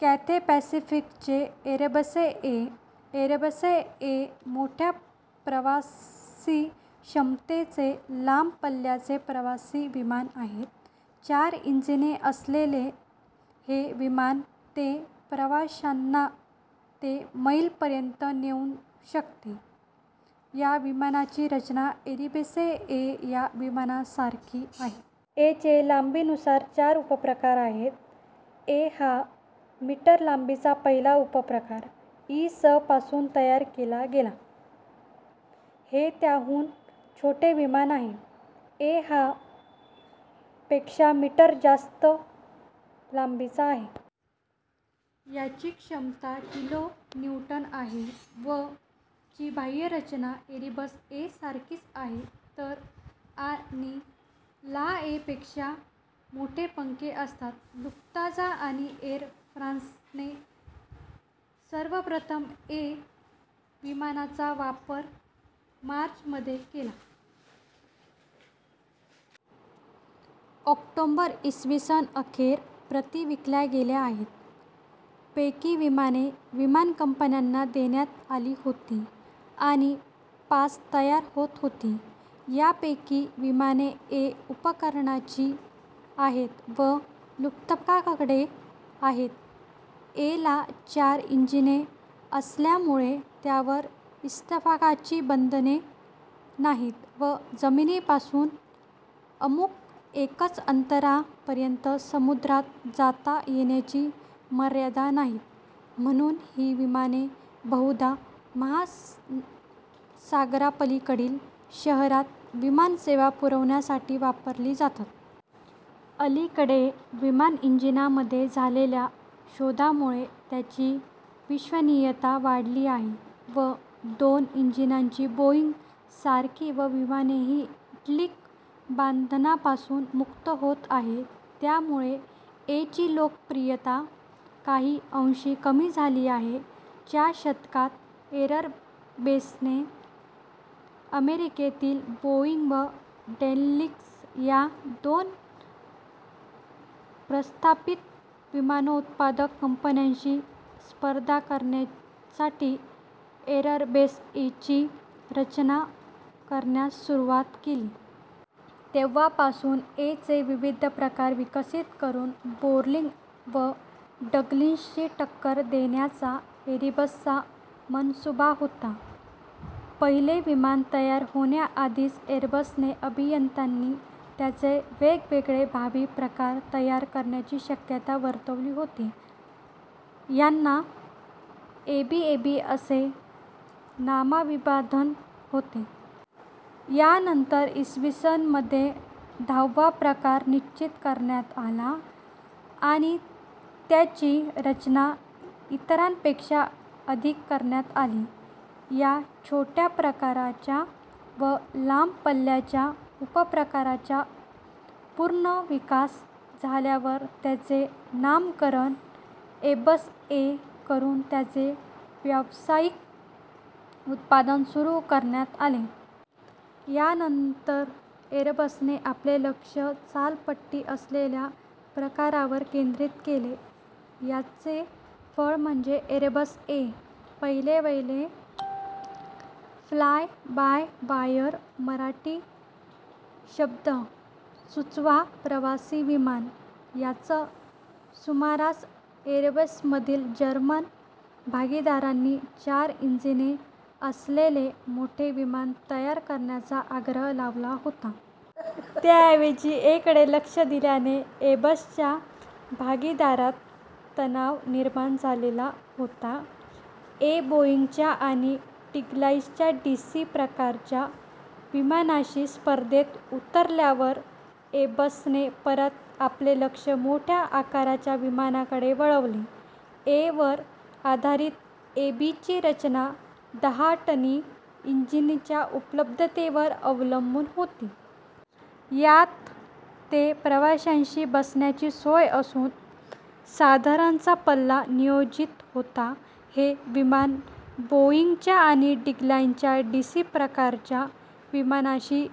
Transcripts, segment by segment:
Cathay पॅसिफिकचे Airbus A- - Airbus A मोठ्या प्रवासीक्षमतेचे लांब पल्ल्याचे प्रवासी विमान आहे. चार इंजिने असलेले हे विमान ते प्रवाशांना ते मैल पर्यंत नेऊ शकते. या विमानाची रचना एरबस ए- या विमानासारखी आहे. ए चे लांबीनुसार चार उपप्रकार आहेत. ए - हा मीटर लांबीचा पहिला उपप्रकार इ. स. पासून तयार केला गेला. - हे त्याहून छोटे विमान आहे. ए - हा - पेक्षा मीटर जास्त लांबीचा आहे. यांची क्षमता किलोन्यूटन आहे. - व - ची बाह्य रचना एरबस ए- सारखीच आहे तर - आणि - ला ए पेक्षा मोठे पंख असतात. लुफ्तांझा आणि एर फ्रान्सने सर्वप्रथम ए विमानांचा वापर मार्च मध्ये केला. ऑक्टोबर, इ. स. अखेर प्रती विकल्या गेल्या आहेत. पैकी विमाने विमानकंपन्यांना देण्यात आली होती आणि पाच तयार होत होती. यांपैकी विमाने ए - उपप्रकाराची आहेत व लुफ्तांझाकडेच आहेत. ए ला चार इंजिने असल्यामुळे त्यावर इटॉप्सची बंधने नाहीत व जमिनीपासून अमुक एकच अंतरापर्यंत समुद्रात जाता येण्याची मर्यादा नाही, म्हणून ही विमाने बहुधा महासागरांपलीकडील शहरांत विमानसेवा पुरवण्यासाठी वापरली जातात. अलीकडे विमानइंजिनामध्ये झालेल्या शोधांमुळे त्यांची विश्वसनीयता वाढली आहे व दोन इंजिनांची बोईंग सारखी विमानेही इटॉप्स बंधनांपासून मुक्त होत आहेत. यामुळे ए ची लोकप्रियता काही अंशी कमी झाली आहे. च्या दशकात एरबसने अमेरिकेतील बोईंग व डग्लस या दोन प्रस्थापित विमानोत्पादक कंपन्यांशी स्पर्धा करण्यासाठी एर बस ए- ची रचना करण्यास सुरुवात केली. तेव्हापासूनच ए चे विविध प्रकार विकसित करून बोइंग व डग्लसशी टक्कर देण्याचा एरबसचा मनसूबा होता. पहिले विमान तयार होण्याआधीच एरबस अभियंत्यांनी त्याचे वेगवेगळे भावी प्रकार तयार करण्याची शक्यता वर्तवली होती. यांना ए बी -ए बी असे नामाभिधान होते. त्यानंतर इ. स. मध्ये दहावा प्रकार निश्चित करण्यात आला आणि त्याची रचना इतरांपेक्षा आधी करण्यात आली. या छोट्या आकाराच्या पण लांब पल्ल्याच्या उपप्रकाराचा पूर्ण विकास झाल्यावर याचे नामकरण एरबस ए करून त्याचे व्यावसायिक उत्पादन सुरू करण्यात आले. यानंतरचे एरबसने आपले लक्ष एक चालपट्टी असलेल्या प्रकारांवर केंद्रित केले. याचे फळ म्हणजे, एरबस ए, पहिलेवहिले फ्लाय-बाय-वायर मराठी शब्द सुचवा प्रवासी विमान. याच सुमारास एरबसमधील जर्मन भागीदारांनी चार इंजिने असलेले मोठे विमान तयार करण्याचा आग्रह लावला होता. त्याऐवजी ए कडे लक्ष दिल्याने एरबसच्या भागीदारांत तणाव निर्माण झालेला होता. ए बोइंगच्या आणि डग्लसच्या डीसी- प्रकारच्या विमानांशी स्पर्धेत उतरल्यावर एरबसने परत आपले लक्ष मोठ्या आकाराच्या विमानांकडे वळवले. ए वर आधारित ए बी ची रचना दहा टनी इंजिनांच्या उपलब्धतेवर अवलंबून होती. यात ते प्रवाशांची बसण्याची सोय असून साधारण चा पल्ला नियोजित होता. हे विमान बोईंगच्या आणि डग्लसच्या डीसी- प्रकारच्या विमानांशी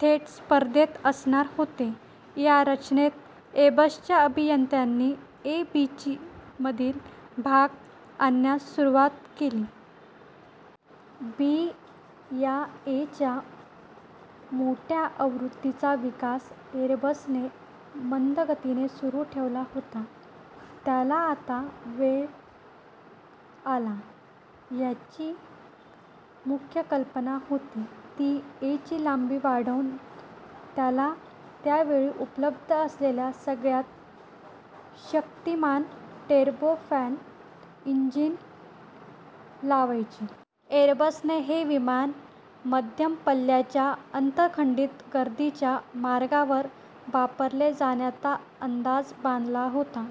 थेट स्पर्धेत असणार होते. या रचनेत एरबसच्या अभियंत्यांनी ए बी मधील भाग आणण्यास सुरुवात केली. बी या ए च्या मोठ्या आवृत्तीचा विकास एरबसने मंदगतीने सुरू ठेवला होता त्याला आता वेग आला. याची मुख्य कल्पना होती ती ए ची लांबी वाढवून त्याला त्यावेळ उपलब्ध असलेली सगळ्यात शक्तिमान टर्बोफॅन इंजिने लावण्याची. एरबसने हे विमान मध्यम पल्ल्याच्या आंतरखंडीय गर्दीच्या मार्गांवर वापरले जाण्याचा अंदाज बांधला होता.